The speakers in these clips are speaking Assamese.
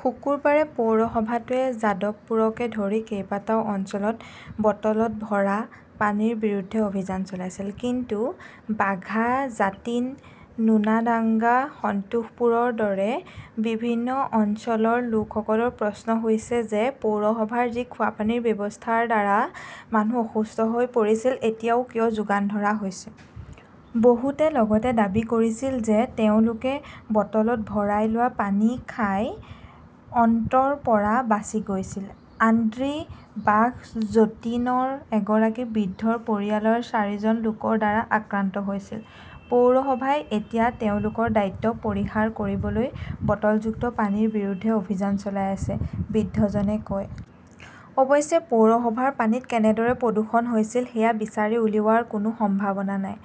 শুকুৰবাৰে পৌৰসভাটোৱে যাদৱপুৰকে ধৰি কেইবাটাও অঞ্চলত বটলত ভৰা পানীৰ বিৰুদ্ধে অভিযান চলাইছিল। কিন্তু বাঘা জাটিন, নোনাডাংগা, সন্তোষপুৰৰ দৰে বিভিন্ন অঞ্চলৰ লোকসকলৰ প্ৰশ্ন হৈছে যে, পৌৰসভাৰ যি খোৱাপানীৰ ব্যৱস্থাৰ দ্বাৰা মানুহ অসুস্থ হৈ পৰিছিল, এতিয়াও কিয় যোগান ধৰা হৈছে? বহুতে লগতে দাবী কৰিছিল যে, তেওঁলোকে বটলত ভৰাই লোৱা পানী খাই অন্ত্ৰৰ পৰা বাচি গৈছিল। আন্দ্ৰী বাঘ জতিণৰ এগৰাকী বৃদ্ধৰ পৰিয়ালৰ চাৰিজন লোকৰ দ্বাৰা আক্ৰান্ত হৈছিল। "পৌৰসভাই এতিয়া তেওঁলোকৰ দায়িত্ব পৰিহাৰ কৰিবলৈ বটলযুক্ত পানীৰ বিৰুদ্ধে অভিযান চলাই আছে", বৃদ্ধজনে কয়। অৱশ্যে, পৌৰসভাৰ পানীত কেনেদৰে প্ৰদূষণ হৈছিল, সেয়া বিচাৰি উলিওৱাৰ কোনো সম্ভাৱনা নাই।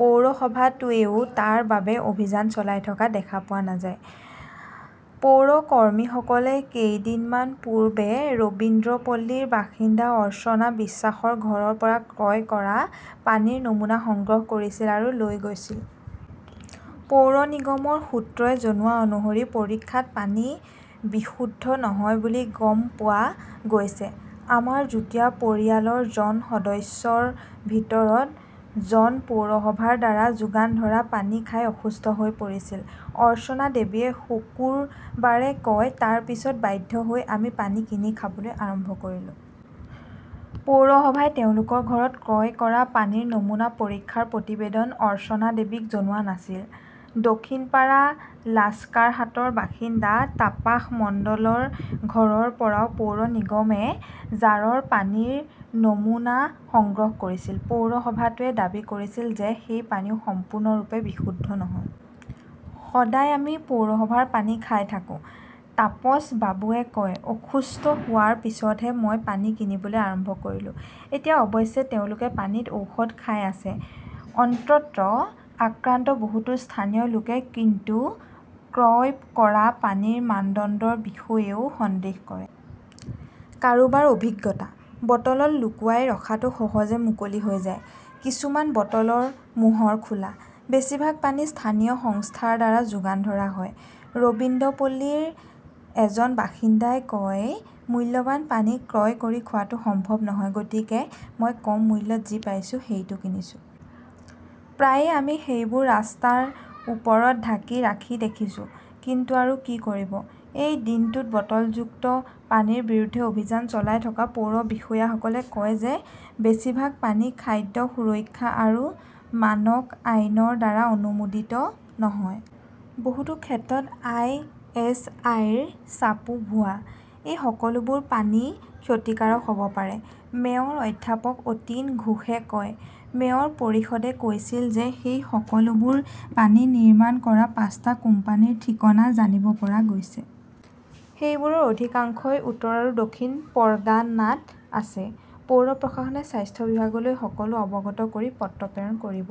পৌৰসভাটোৱেও তাৰ বাবে অভিযান চলাই থকা দেখা পোৱা নাযায়। পৌৰ কৰ্মীসকলে কেইদিনমান পূৰ্বে ৰবীন্দ্ৰপল্লীৰ বাসিন্দা অৰ্চনা বিশ্বাসৰ ঘৰৰ পৰা ক্ৰয় কৰা পানীৰ নমুনা সংগ্ৰহ কৰিছিল আৰু লৈ গৈছিল। পৌৰ নিগমৰ সূত্ৰই জনোৱা অনুসৰি পৰীক্ষাত পানী বিশুদ্ধ নহয় বুলি গম পোৱা গৈছে। "আমাৰ যুটীয়া পৰিয়ালৰ জন সদস্যৰ ভিতৰত জন পৌৰসভাৰ দ্বাৰা যোগান ধৰা পানী খাই অসুস্থ হৈ পৰিছিল", অৰ্চনা দেৱীয়ে শুকুৰবাৰে কয়, "তাৰ পিছত বাধ্য হৈ আমি পানী কিনি খাবলৈ আৰম্ভ কৰিলো। পৌৰসভাই তেওঁলোকৰ ঘৰত ক্ৰয় কৰা পানীৰ নমুনা পৰীক্ষাৰ প্ৰতিবেদন অৰ্চনা দেৱীক জনোৱা নাছিল। দক্ষিণপাৰা লাস্কাৰহাটৰ বাসিন্দা তাপাস মণ্ডলৰ ঘৰৰ পৰাও পৌৰ নিগমে জাৰৰ পানীৰ নমুনা সংগ্ৰহ কৰিছিল। পৌৰসভাটোৱে দাবী কৰিছিল যে, সেই পানীও সম্পূৰ্ণৰূপে "বিশুদ্ধ নহয়"। "সদায় আমি পৌৰসভাৰ পানী খাই থাকো", তাপছ বাবুৱে কয়, "অসুস্থ হোৱাৰ পিছতহে মই পানী কিনিবলৈ আৰম্ভ কৰিলোঁ"। এতিয়া অৱশ্যে তেওঁলোকে পানীত ঔষধ খাই আছে। অন্ত্ৰত আক্ৰান্ত বহুতো স্থানীয় লোকে কিন্তু ক্ৰয় কৰা পানীৰ মানদণ্ডৰ বিষয়েও সন্দেহ কৰে। কাৰোবাৰ অভিজ্ঞতা, বটলত লুকুৱাই ৰখাটো সহজে মুকলি হৈ যায়। কিছুমান বটলৰ মোহৰ খোলা। বেছিভাগ পানী স্থানীয় সংস্থাৰ দ্বাৰা যোগান ধৰা হয়। ৰবীন্দ্ৰপল্লীৰ এজন বাসিন্দাই কয়, "মূল্যৱান পানী ক্ৰয় কৰি খোৱাটো সম্ভৱ নহয়। গতিকে মই কম মূল্যত যি পাইছোঁ, সেইটো কিনিছোঁ। প্ৰায়ে আমি সেইবোৰ ৰাস্তাৰ ওপৰত ঢাকি ৰাখি দেখিছোঁ। কিন্তু আৰু কি কৰিব?"। এই দিনটোত বটলযুক্ত পানীৰ বিৰুদ্ধে অভিযান চলাই থকা পৌৰ বিষয়াসকলে কয় যে, বেছিভাগ পানী "খাদ্য সুৰক্ষা আৰু মানক আইন" ৰ দ্বাৰা অনুমোদিত নহয়। বহুতো ক্ষেত্ৰত আই. এছ. আই. ৰ ছাপো ভুৱা। "এই সকলোবোৰ পানী ক্ষতিকাৰক হব পাৰে", মেয়ৰ অধ্যাপক অতীন ঘোষে কয়। মেয়ৰ পৰিষদে কৈছিল যে, সেই সকলোবোৰ পানী নিৰ্মাণ কৰা পাঁচটা কোম্পানীৰ ঠিকনা জানিব পৰা গৈছে। সেইবোৰৰ অধিকাংশই উত্তৰ আৰু দক্ষিণ পৰ্গানাত আছে। পৌৰ প্ৰশাসনে স্বাস্থ্য বিভাগলৈ সকলো অৱগত কৰি পত্ৰ প্ৰেৰণ কৰিব।